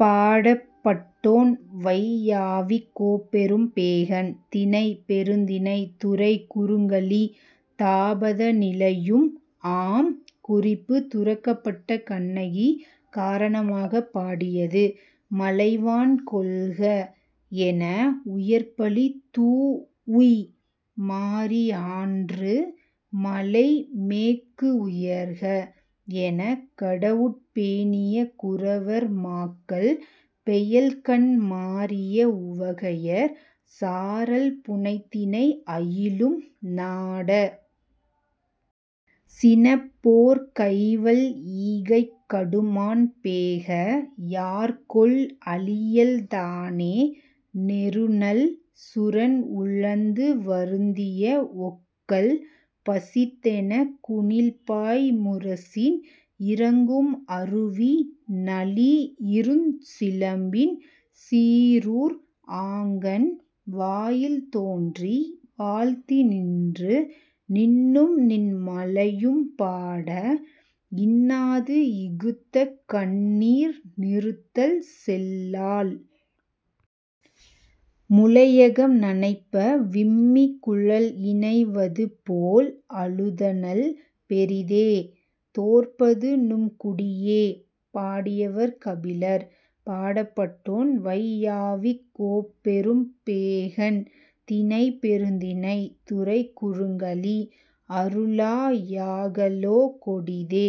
பாடப்பட்டோன்: வையாவிக் கோப்பெரும் பேகன். திணை: பெருந்திணை. துறை: குறுங்கலி; தாபதநிலையும் ஆம். குறிப்பு: துறக்கப்பட்ட கண்ணகி காரணமாகப் பாடியது. 'மலைவான் கொள்க! ' என, உயர்பலி தூஉய், 'மாரி ஆன்று, மழைமேக்கு உயர்க! ' எனக் கடவுட் பேணிய குறவர் மாக்கள், பெயல்கண் மாறிய உவகையர், சாரல் புனைத்தினை அயிலும் நாட! சினப் போர்க் கைவள் ஈகைக் கடுமான் பேக! யார்கொல் அளியள் தானே; நெருநல், சுரன் உழந்து வருந்திய ஒக்கல் பசித்தெனக், குணில்பாய் முரசின் இரங்கும் அருவி நளிஇருஞ் சிலம்பின் சீறூர் ஆங்கண். வாயில் தோன்றி, வாழ்த்தி நின்று, நின்னும்நின் மலையும் பாட, இன்னாது இகுத்த கண்ணீர் நிறுத்தல் செல்லாள். முலையகம் நனைப்ப, விம்மிக் குழல்இனை வதுபோல் அழுதனள், பெரிதே?. தோற்பது நும் குடியே! பாடியவர்: கபிலர். பாடப்பட்டோன்: வையாவிக் கோப்பெரும் பேகன். திணை: பெருந்திணை. துறை: குறுங்கலி. அருளா யாகலோ கொடிதே;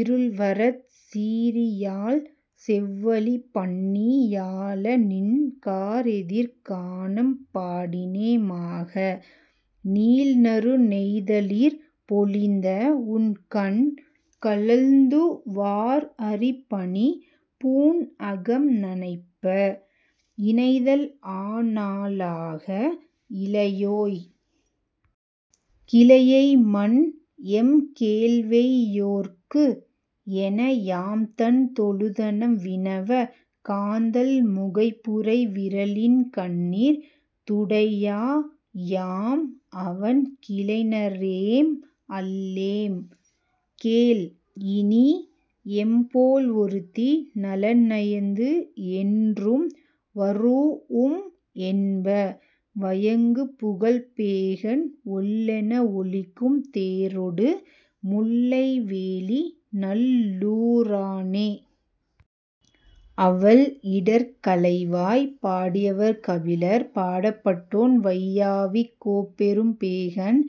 இருள்வரச், சீறியாழ் செவ்வழி பண்ணி யாழ நின் கார்எதிர் கானம் பாடினே மாக, நீல்நறு நெய்தலிற் பொலிந்த உண்கண் கலுழ்ந்து, வார் அரிப் பனி பூண்அகம் நனைப்ப, இனைதல் ஆனா ளாக, 'இளையோய்! கிளையை மன், எம் கேள்வெய் யோற்கு? 'என, யாம்தன் தொழுதனம் வினவக், காந்தள் முகைபுரை விரலின் கண்ணீர் துடையா, 'யாம், அவன் கிளைஞரேம் அல்லேம்; கேள், இனி; எம்போல் ஒருத்தி நலன்நயந்து, என்றும், வரூஉம் என்ப; வயங்கு புகழ்ப் பேகன் ஒல்லென ஒலிக்கும் தேரொடு, முல்லை வேலி, நல்லூ ரானே! '. அவள் இடர் களைவாய்! பாடியவர்: கபிலர். பாடப்பட்டோன்: வையாவிக் கோப்பெரும் பேகன்.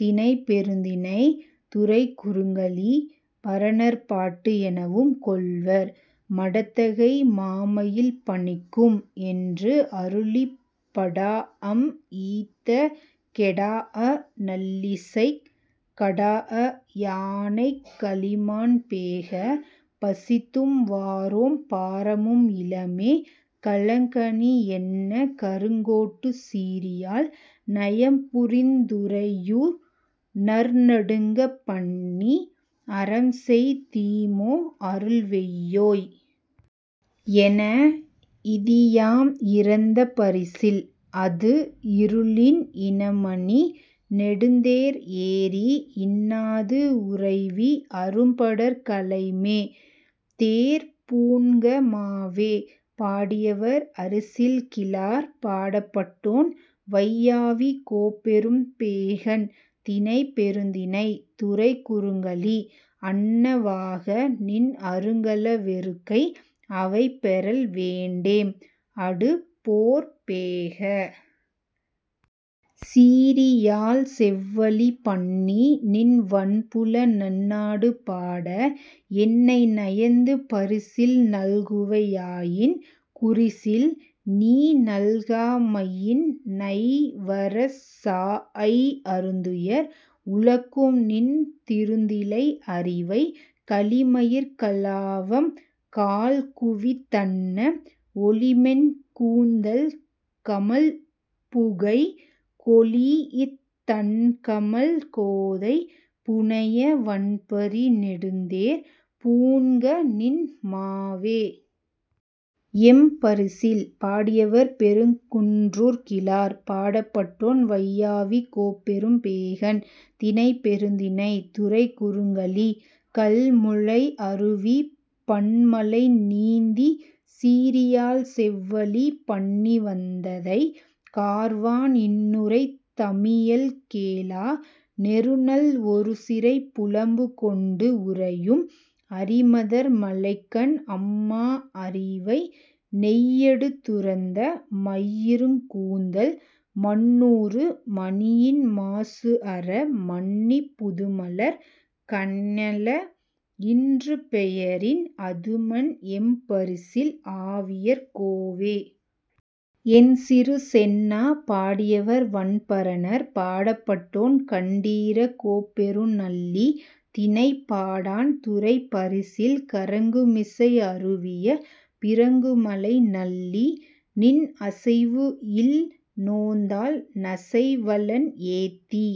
திணை: பெருந்திணை. துறை: குறுங்கலி. 'பரணர் பாட்டு' எனவும் கொள்வர். 'மடத்தகை மாமயில் பனிக்கும்' என்று அருளிப் படாஅம் ஈத்த கெடாஅ நல்லிசைக், கடாஅ யானைக் கலிமான் பேக! பசித்தும் வாரோம்; பாரமும் இலமே; களங்கனி யன்ன கருங்கோட்டுச் சீறியாழ் நயம்புரிந் துறையுநர் நடுங்கப் பண்ணி, 'அறம்செய் தீமோ, அருள்வெய் யோய்! ' என, இ·தியாம் இரந்த பரிசில்: அ·து இருளின், இனமணி நெடுந்தேர் ஏறி, இன்னாது உறைவி அரும்படர் களைமே!. தேர் பூண்க மாவே! பாடியவர்: அரிசில் கிழார். பாடப்பட்டோன்: வையாவிக் கோப்பெரும் பேகன். திணை: பெருந்திணை. துறை: குறுங்கலி. அன்ன வாக; நின் அருங்கல வெறுக்கை அவை பெறல் வேண்டேம்; அடுபோர்ப் பேக! சீறியாழ் செவ்வழி பண்ணி, நின் வன்புல நன்னாடு பாட, என்னை நயந்து பரிசில் நல்குவை யாயின், குரிசில்! நீ நல்கா மையின் நைவரச் சாஅய், அருந்துயர் உழக்கும்நின் திருந்திழை அரிவை கலிமயிற் கலாவம் கால்குவித் தன்ன, ஒலிமென் கூந்தல் கமழ்புகை கொளீஇத், தண்கமழ் கோதை புனைய, வண்பரி நெடுந்தேர் பூண்க, நின் மாவே!. எம் பரிசில்! பாடியவர்: பெருங்குன்றூர் கிழார். பாடப்பட்டோன்: வையாவிக் கோப்பெரும் பேகன். திணை: பெருந்திணை. துறை: குறுங்கலி. கல்முழை அருவிப் பன்மலை நீந்திச், சீறியாழ் செவ்வழி பண்ணி வந்ததைக், கார்வான் இன்னுறை தமியள் கேளா, நெருநல் ஒருசிறைப் புலம்புகொண்டு உறையும் அரிமதர் மழைக்கண், அம்மா அரிவை நெய்யடு துறந்த மையிருங் கூந்தல் மண்ணூறு மணியின் மாசுஅற மண்ணிப், புதுமலர் கஞல, இன்று பெயரின் அதுமன், எம் பரிசில் ஆவியர் கோவே!. என் சிறு செந்நா! பாடியவர்: வன்பரணர். பாடப்பட்டோன்: கண்டீரக் கோப் பெருநள்ளி. திணை: பாடாண். துறை: பரிசில். கறங்குமிசை அருவிய பிறங்குமலை நள்ளி! நின் அசைவுஇல் நோந்தாள் நசைவளன் ஏத்தி,